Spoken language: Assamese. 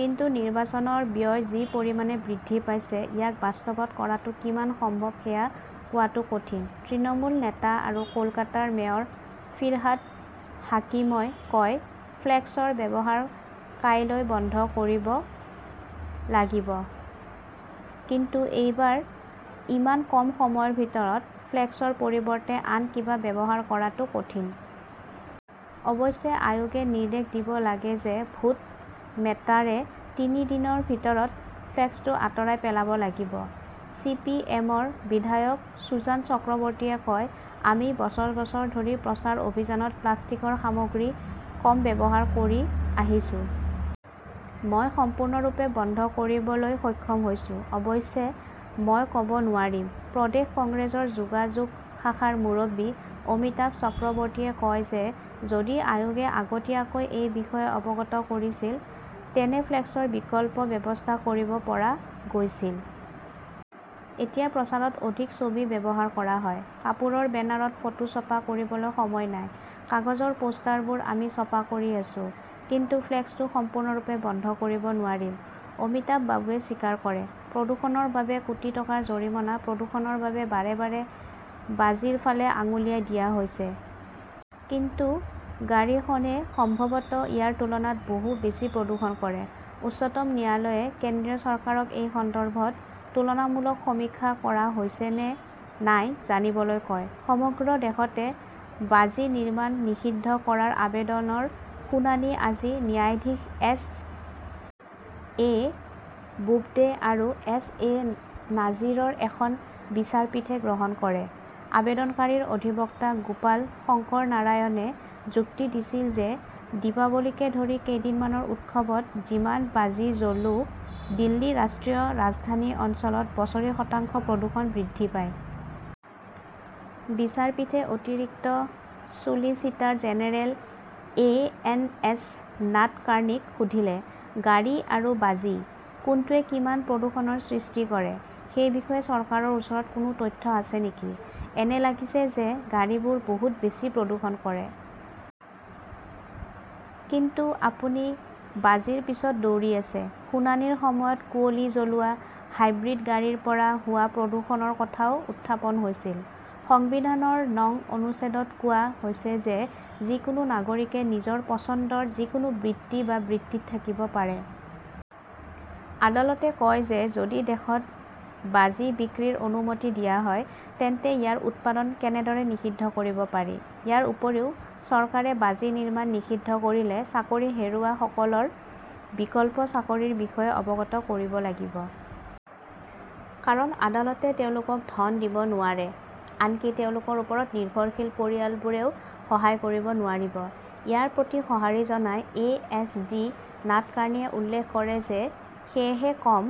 কিন্তু নিৰ্বাচনৰ ব্যয় যি পৰিমাণে বৃদ্ধি পাইছে, ইয়াক বাস্তৱত কৰাটো কিমান সম্ভৱ সেয়া কোৱাটো কঠিন। তৃণমূল নেতা আৰু কলকাতাৰ মেয়ৰ ফিৰহাদ হাকিমই কয়, "ফ্লেক্সৰ ব্যৱহাৰ কাইলৈ বন্ধ কৰিব লাগিব। কিন্তু এইবাৰ ইমান কম সময়ৰ ভিতৰত ফ্লেক্সৰ পৰিৱৰ্তে আন কিবা ব্যৱহাৰ কৰাটো কঠিন। অৱশ্যে আয়োগে নিৰ্দেশ দিব লাগে যে ভোট মেটাৰে তিনি দিনৰ ভিতৰত ফ্লেক্সটো আঁতৰাই পেলাব লাগিব। "চি. পি. এম. -ৰ বিধায়ক সুজান চক্ৰৱৰ্তীয়ে কয়", আমি বছৰ বছৰ ধৰি প্ৰচাৰ অভিযানত প্লাষ্টিকৰ সামগ্ৰী কম ব্যৱহাৰ কৰি আহিছো। মই সম্পূৰ্ণৰূপে বন্ধ কৰিবলৈ সক্ষম হৈছো, অৱশ্যে, মই ক 'ব নোৱাৰিম। "প্ৰদেশ কংগ্ৰেছৰ যোগাযোগ শাখাৰ মুৰব্বী অমিতাভ চক্ৰৱৰ্তীয়ে কয় যে যদি আয়োগে আগতীয়াকৈ এই বিষয়ে অৱগত কৰিছিল তেন্তে ফ্লেক্সৰ বিকল্প ব্যৱস্থা কৰিব পৰা গৈছিল। এতিয়া প্ৰচাৰত অধিক ছবি ব্যৱহাৰ কৰা হয়। কাপোৰৰ বেনাৰত ফটো ছপা কৰিবলৈ সময় নাই। "কাগজৰ পোষ্টাৰবোৰ আমি ছপা কৰি আছো। কিন্তু ফ্লেক্সটো সম্পূৰ্ণৰূপে বন্ধ কৰিব নোৱাৰিম ", অমিতাভ বাবুৱে স্বীকাৰ কৰে। প্ৰদূষণৰ বাবে কোটি টকাৰ জৰিমনা প্ৰদূষণৰ বাবে বাৰে বাৰে বাজিৰ ফালে আঙুলিয়াই দিয়া হৈছে। কিন্তু গাড়ীখনৱে সম্ভৱতঃ ইয়াৰ তুলনাত বহু বেছি প্ৰদূষণ কৰে। উচ্চতম ন্যায়ালয়ে কেন্দ্ৰীয় চৰকাৰক এই সন্দৰ্ভত তুলনামূলক সমীক্ষা কৰা হৈছে নে নাই জানিবলৈ কয়। সমগ্ৰ দেশতে বাজি নিৰ্মাণ নিষিদ্ধ কৰাৰ আবেদনৰ শুনানি আজি ন্যায়াধীশ এছ. এ. বোবদে আৰু এছ. এ. নাজিৰৰ এখন বিচাৰপীঠে গ্ৰহণ কৰে। আবেদনকাৰীৰ অধিবক্তা গোপাল শংকৰনাৰায়ণনে যুক্তি দিছিল যে দীপাৱলীকে ধৰি কেইদিনমানৰ উৎসৱত যিমান বাজি জ্বলো, দিল্লী ৰাষ্ট্ৰীয় ৰাজধানী অঞ্চলত বছৰি শতাংশ প্ৰদূষণ বৃদ্ধি পায়। বিচাৰপীঠে অতিৰিক্ত solicitor general A. N. S. নাদকাৰ্ণীক সুধিলে, "গাড়ী আৰু বাজি, কোনটোৱে কিমান প্ৰদূষণৰ সৃষ্টি কৰে সেই বিষয়ে চৰকাৰৰ ওচৰত কোনো তথ্য আছে নেকি? এনে লাগিছে যে গাড়ীবোৰে বহুত বেছি প্ৰদূষণ কৰে। কিন্তু আপুনি বাজিৰ পিছত দৌৰি আছে। "শুনানিৰ সময়ত কুঁৱলী জ্বলোৱা, হাইব্ৰিড গাড়ীৰ পৰা হোৱা প্ৰদূষণৰ কথাও উত্থাপন হৈছিল। সংবিধানৰ নং অনুচ্ছেদত কোৱা হৈছে যে যিকোনো নাগৰিকে নিজৰ পচন্দৰ যিকোনো বৃত্তি বা বৃত্তিত থাকিব পাৰে। আদালতে কয় যে যদি দেশত বাজি বিক্ৰীৰ অনুমতি দিয়া হয়, তেন্তে ইয়াৰ উৎপাদন কেনেদৰে নিষিদ্ধ কৰিব পাৰি? ইয়াৰ উপৰিও, চৰকাৰে বাজি নিৰ্মাণ নিষিদ্ধ কৰিলে চাকৰি হেৰুওৱা লোকসকলৰ বিকল্প চাকৰিৰ বিষয়েও অৱগত কৰিব লাগিব। কাৰণ, আদালতে তেওঁলোকক ধন দিব নোৱাৰে। আনকি তেওঁলোকৰ ওপৰত নিৰ্ভৰশীল পৰিয়ালবোৰেও সহায় কৰিব নোৱাৰিব। ইয়াৰ প্ৰতি সঁহাৰি জনাই এ. এছ. জি. নাদকাৰ্ণীয়ে উল্লেখ কৰে যে সেয়েহে কম